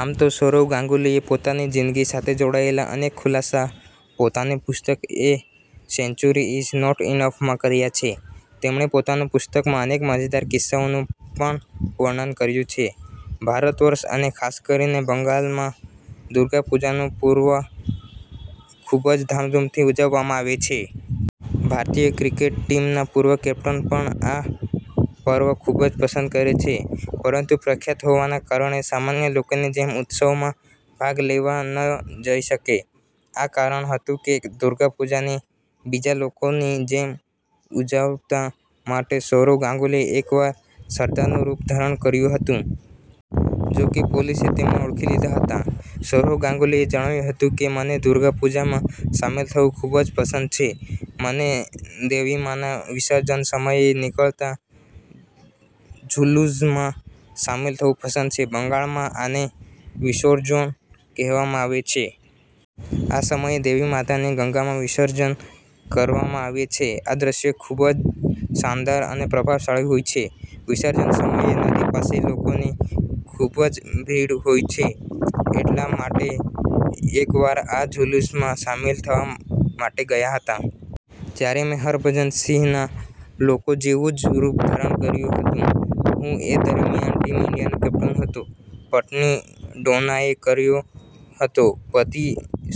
આમ તો સૌરવ ગાંગુલીએ પોતાની જિંદગી સાથે જોડાયેલા અનેક ખુલાસા પોતાની પુસ્તક a century is not enough માં કર્યા છે. તેમણે પોતાની પુસ્તકમાં અનેક મજેદાર કિસ્સાઓનું પણ વર્ણન કર્યું છે. ભારતવર્ષ અને ખાસકરીને બંગાલમાં દુર્ગા પુજાનું પર્વ ખુબજ ધામધૂમથી ઉજવવામાં આવે છે. ભારતીય ક્રિકેટર ટીમના પૂર્વ કેપ્ટનને પણ આ પર્વ ખુબ જ પસંદ છે. પરંતુ પ્રખ્યાત હોવાના કારણે સામાન્ય લોકોની જેમ ઉત્સવમાં ભાગ લેવા ન જઈ શકે. આ જ કારણ હતું કે દુર્ગા પૂજાને બીજા લોકોની જેમ ઉજવવા માટે સૌરવ ગાંગુલીએ એકવાર સરદારનું રૂપ ધારણ કર્યું હતું. જોકે, પોલીસે તેમને ઓળખી લીધા હતા. સૌરવ ગાંગુલીએ જણાવ્યું હતું કે મને દુર્ગા પૂજામાં સામેલ થવું ખુબ જ પસંદ છે. મને દેવીમાના વિસર્જન સમયે નીકળતા ઝુલૂસમાં સામેલ થવું પસંદ છે. બંગાળમાં આને વિશર્જોન કહેવામાં આવે છે. આ સમયે દેવી માતાને ગંગામાં વિષર્જન કરવામાં આવે છે. આ દ્રશ્ય ખુબ જ શાનદાર અને પ્રભાવશાળી હોય છે. વિસર્જન સમયે નદી પાસે લોકોની ખુબ જ ભીડ હોય છે. એટલા માટે એકવાર આ ઝુલૂસમાં સામેલ થવા માટે ગયા હતા. ત્યારે મે હરભજન સિંહના લોકો જેવું જ રૂપ ધારણ કર્યું હતું. હું એ દરમિયાન ટીમ ઇન્ડિયાનો કેપ્ટન હતો. પત્ની ડોનાએ કર્યો હતો પતિ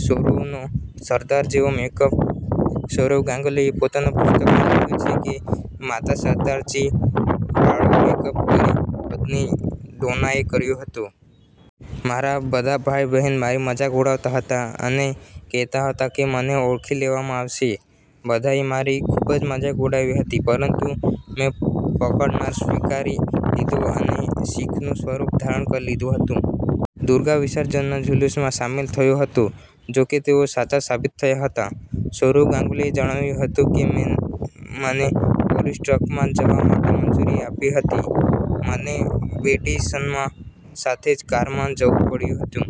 સૌરવનો સરદાર જેવો મેકઅપ સૌરવ ગાંગુલીએ પોતાના પુસ્તકમાં લખ્યું છે કે મારા સરદારજી વાળો મેકઅપ મારી પત્ની ડોનાએ કર્યો હતો. મારા બધા ભાઈ બહેન મારી મજાક ઉડાવતા હતા અને કહેતા હતા કે મને ઓળખી લેવામાં આવશે. બધાએ મારી ખુબ જ મજાક ઉડાવી હતી. પરંતુ મેં પડકાર સ્વીકારી લીધો અને શિખનું સ્વરૂપ ધારણ કરી લીધું હતું. દુર્ગા વિસર્જનના ઝુલૂસમાં સામેલ થયો હતો. જોકે તેઓ સાચા સાબિત થયા હતા. સૌરવ ગાંગુલીએ જણાવ્યું હતું કે મેને પોલીસે ટ્રકમાં જવા માટે મંજૂરી આપી નહીં. મને બેટી સના સાથે કારમાં જ જવું પડ્યું હતું.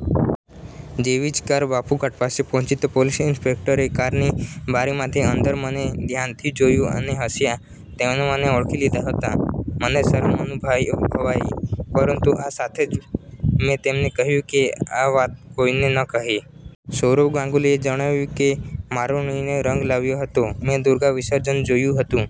જેવી જ કાર બાબૂઘાટ પાસે પહોંચી તો પોલીસ ઇન્સ્પેક્ટરે કારની બારીની અંદર મને ધ્યાનથી જોયું અને હસ્યા તેમણે મને ઓળખી લીધા હતા. મને શરમ અનુભવાઈ પરંતુ આ સાથે જ મે તેમને કહ્યું કે આ વાત કોઈને ન કહે. સૌરવ ગાંગુલીએ જણાવ્યું કે મારો નિર્ણય રંગ લાવ્યો હતો. મેં દુર્ગા વિસર્જન જોયું હતું.